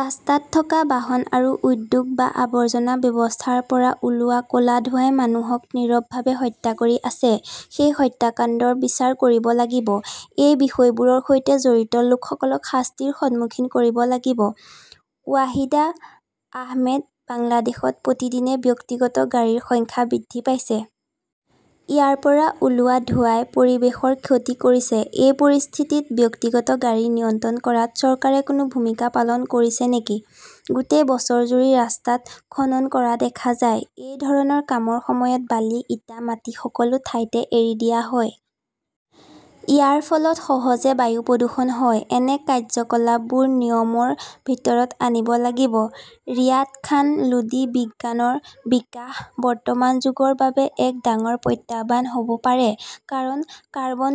ৰাস্তাত থকা বাহন আৰু উদ্যোগ বা আৱৰ্জনা ব্যৱস্থাৰ পৰা ওলোৱা ক 'লা ধোঁৱাই মানুহক নীৰৱভাৱে হত্যা কৰি আছে। সেই হত্যাকাণ্ডৰ বিচাৰ কৰিব লাগিব। এই বিষয়বোৰৰ সৈতে জড়িত লোকসকলক শাস্তিৰ সন্মুখীন কৰিব লাগিব। ৱাহিদা আহমেদ বাংলাদেশত প্ৰতিদিনে ব্যক্তিগত গাড়ীৰ সংখ্যা বৃদ্ধি পাইছে। ইয়াৰ পৰা ওলোৱা ধোঁৱাই পৰিৱেশৰ ক্ষতি কৰিছে। এই পৰিস্থিতিত ব্যক্তিগত গাড়ী নিয়ন্ত্ৰণ কৰাত চৰকাৰে কোনো ভূমিকা পালন কৰিছে নেকি গোটেই বছৰজুৰি ৰাস্তাত খনন কৰা দেখা যায়। এই ধৰণৰ কামৰ সময়ত বালি, ইটা, মাটি সকলো ঠাইতে এৰি দিয়া হয়। ইয়াৰ ফলত সহজে বায়ু প্ৰদূষণ হয়। এনে কাৰ্যকলাপবোৰ নিয়মৰ ভিতৰত আনিব লাগিব। ৰিয়াদ খান লোদী বিজ্ঞানৰ বিকাশ বৰ্তমান যুগৰ বাবে এক ডাঙৰ প্ৰত্যাহ্বান হ 'ব পাৰে। কাৰণ, কাৰ্বন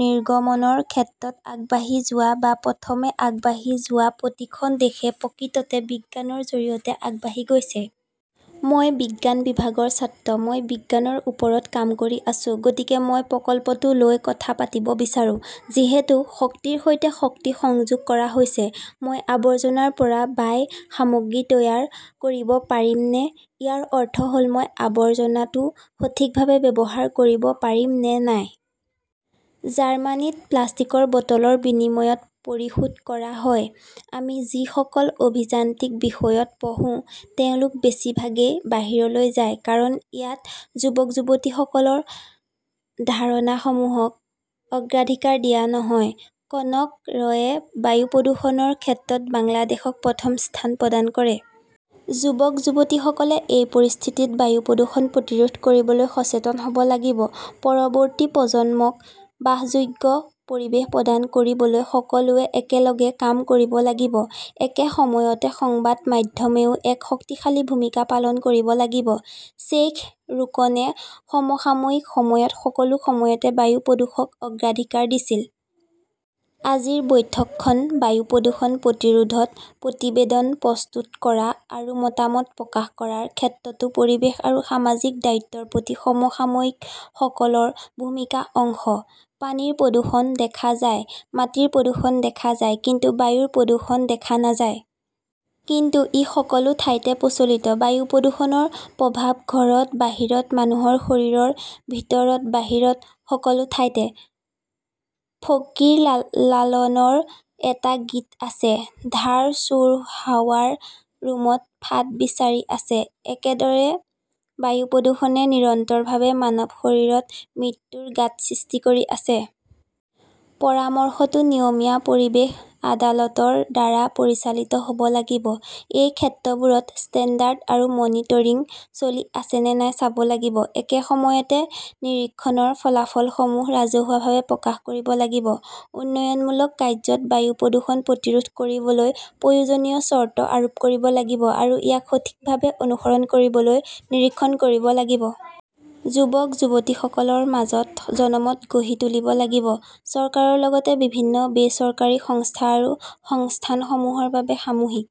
নিৰ্গমনৰ ক্ষেত্ৰত আগবাঢ়ি যোৱা বা প্ৰথমে আগবাঢ়ি যোৱা প্ৰতিখন দেশে প্ৰকৃততে বিজ্ঞানৰ জৰিয়তে আগবাঢ়ি গৈছে। মই বিজ্ঞান বিভাগৰ ছাত্ৰ। মই বিজ্ঞানৰ ওপৰত কাম কৰি আছো। গতিকে মই প্ৰকল্পটো লৈ কথা পাতিব বিচাৰো। যিহেতু শক্তিৰ সৈতে শক্তি সংযোগ কৰা হৈছে, মই আৱৰ্জনাৰ পৰা বাই সামগ্ৰী তৈয়াৰ কৰিব পাৰিমনে ইয়াৰ অৰ্থ হ’ল মই আৱৰ্জনাটো সঠিকভাৱে ব্যৱহাৰ কৰিব পাৰিম নে নাই। জাৰ্মানীত প্লাষ্টিকৰ বটলৰ বিনিময়ত পৰিশোধ কৰা হয়। আমি যিসকল অভিযান্ত্ৰিক বিষয়ত পঢ়োঁ, তেওঁলোক বেছিভাগেই বাহিৰলৈ যায়। কাৰণ, ইয়াত যুৱক-যুৱতীসকলৰ ধাৰণাসমূহক অগ্ৰাধিকাৰ দিয়া নহয়। কনক ৰয়ে বায়ু প্ৰদূষণৰ ক্ষেত্ৰত বাংলাদেশক প্ৰথম স্থান প্ৰদান কৰে। যুৱক-যুৱতীসকলে এই পৰিস্থিতিত বায়ু প্ৰদূষণ প্ৰতিৰোধ কৰিবলৈ সচেতন হ 'ব লাগিব। পৰৱৰ্তী প্ৰজন্মক বাসযোগ্য পৰিৱেশ প্ৰদান কৰিবলৈ সকলোৱে একেলগে কাম কৰিব লাগিব। একে সময়তে সংবাদ মাধ্যমেও এক শক্তিশালী ভূমিকা পালন কৰিব লাগিব। শ্বেইখ ৰোকনে সমসাময়িক সময়ত সকলো সময়তে বায়ু প্ৰদূষণক অগ্ৰাধিকাৰ দিছিল। আজিৰ বৈঠকখন বায়ু প্ৰদূষণ প্ৰতিৰোধত প্ৰতিবেদন প্ৰস্তুত কৰা আৰু মতামত প্ৰকাশ কৰাৰ ক্ষেত্ৰতো পৰিৱেশ আৰু সামাজিক দায়িত্বৰ প্ৰতি সমসাময়িকসকলৰ ভূমিকাৰ অংশ। পানীৰ প্ৰদূষণ দেখা যায়, মাটিৰ প্ৰদূষণ দেখা যায়, কিন্তু বায়ুৰ প্ৰদূষণ দেখা নাযায়। কিন্তু ই সকলো ঠাইতে প্ৰচলিত। বায়ু প্ৰদূষণৰ প্ৰভাৱ ঘৰত-বাহিৰত, মানুহৰ শৰীৰৰ ভিতৰত-বাহিৰত, সকলো ঠাইতে। ফকীৰ লালনৰ এটা গীত আছে ধাৰ চোৰ হাৱাৰ ৰুমত ফাঁদ বিচাৰি আছে । একেদৰে, বায়ু প্ৰদূষণে নিৰন্তৰভাৱে মানৱ শৰীৰত মৃত্যুৰ গাঁত সৃষ্টি কৰি আছে। পৰামৰ্শটো নিয়মীয়া পৰিৱেশ আদালত ৰ দ্বাৰা পৰিচালিত হ' ব লাগিব। এই ক্ষেত্ৰবোৰত ষ্টেণ্ডাৰ্ড আৰু মনিটৰিং চলি আছে নে নাই চাব লাগিব। একে সময়তে, নিৰীক্ষণৰ ফলাফলসমূহ ৰাজহুৱাভাৱে প্ৰকাশ কৰিব লাগিব। উন্নয়নমূলক কাৰ্য্যত বায়ু প্ৰদূষণ প্ৰতিৰোধ কৰিবলৈ প্ৰয়োজনীয় চৰ্ত আৰোপ কৰিব লাগিব আৰু ইয়াক সঠিকভাৱে অনুসৰণ কৰিবলৈ নিৰীক্ষণ কৰিব লাগিব। যুৱক-যুৱতীসকলৰ মাজত জনমত গঢ়ি তুলিব লাগিব। চৰকাৰৰ লগতে বিভিন্ন বেচৰকাৰী সংস্থা আৰু সংস্থাসমূহৰ বাবে সামূহিক